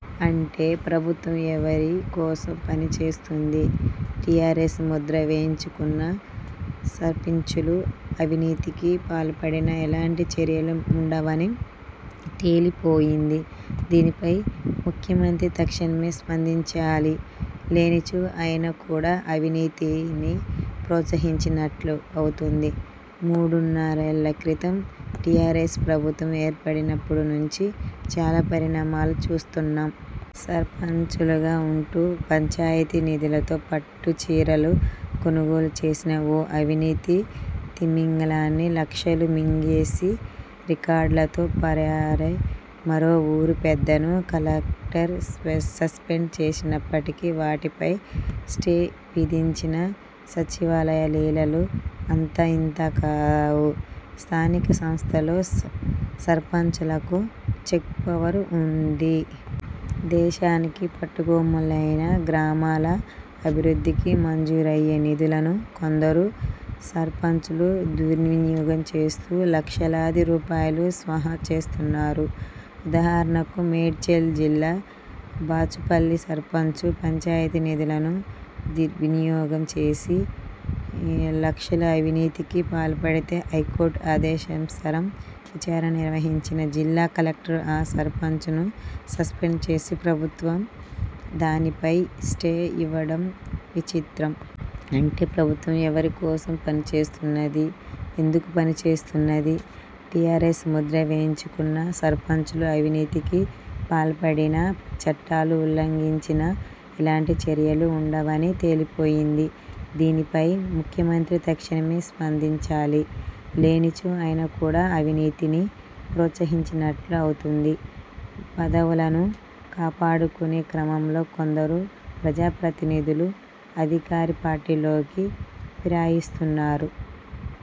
అంటే ప్రభుత్వం ఎవరి కోసం పనిచేస్తున్నది? టీఆర్ఎస్ ముద్ర వేయించుకున్న సర్పంచులు అవినీతికి పాల్పడినా ఎలాంటి చర్యలు వుండవని తేలిపోయింది. దీనిపై ముఖ్యమంత్రి తక్షణమే స్పందించాలి. లేనిచో ఆయన కూడా అవినీతిని ప్రోత్సహించినట్లు అవుతుంది. మూడున్నరేళ్ల్ల క్రితం టీఆర్ఎస్ ప్రభుత్వం ఏర్పడినప్పడి నుంచీ చాలా పరిణామాలు చూస్తున్నాం. సర్పంచులుగా వుంటూ పంచాయతీ నిధులతో పట్టుచీరలు కొనుగోలు చేసిన ఓ అవినీతి తిమింగలాన్ని, లక్షలు మింగేసి రికార్డులతో పరారై మరో ఊరి పెద్దను కలెక్టర్ సస్పెండ్ చేసినప్పటికీ వాటిపై స్టే విధించిన సచివాలయ లీలలు అంతా ఇంతా కావు. స్థానిక సంస్థల్లో సర్పంచులకు చెక్ పవర్ వుంది. దేశానికి పట్టుగొమ్మలైన గ్రామాల అభివృద్ధికి మంజూరయ్యే నిధులను కొందరు సర్పంచులు దుర్వినియోగం చేస్తూ లక్షలాది రూపాయలు స్వాహా చేస్తున్నారు. ఉదాహరణకు మేడ్చల్ జిల్లా బాచుపల్లి సర్పంచు పంచాయతీ నిధులను దుర్వినియోగం చేసి రూ. లక్షల అవినీతికి పాల్పడితే హైకోర్టు ఆదేశానుసారం విచారణ నిర్వహించిన జిల్లా కలెక్టర్ ఆ సర్పంచును సస్పెండ్ చేసి ప్రభుత్వం దానిపై స్టే ఇవ్వడం విచిత్రం. అంటే ప్రభుత్వం ఎవరి కోసం పనిచేస్తున్నది? ఎందుకు పనిచేస్తున్నది. టీఆర్ఎస్ ముద్ర వేయించుకున్న సర్పంచులు అవినీతికి పాల్పడినా, చట్టాలు ఉల్లంఘించినా ఎలాంటి చర్యలు వుండవని తేలిపోయింది. దీనిపై ముఖ్యమంత్రి తక్షణమే స్పందించాలి. లేనిచో ఆయన కూడా అవినీతిని ప్రోత్సహించినట్లు అవుతుంది. పదవులను కాపాడుకునే క్రమంలో కొందరు ప్రజాప్రతినిధులు అధికారపార్టీలోకి ఫిరాయిస్తున్నారు.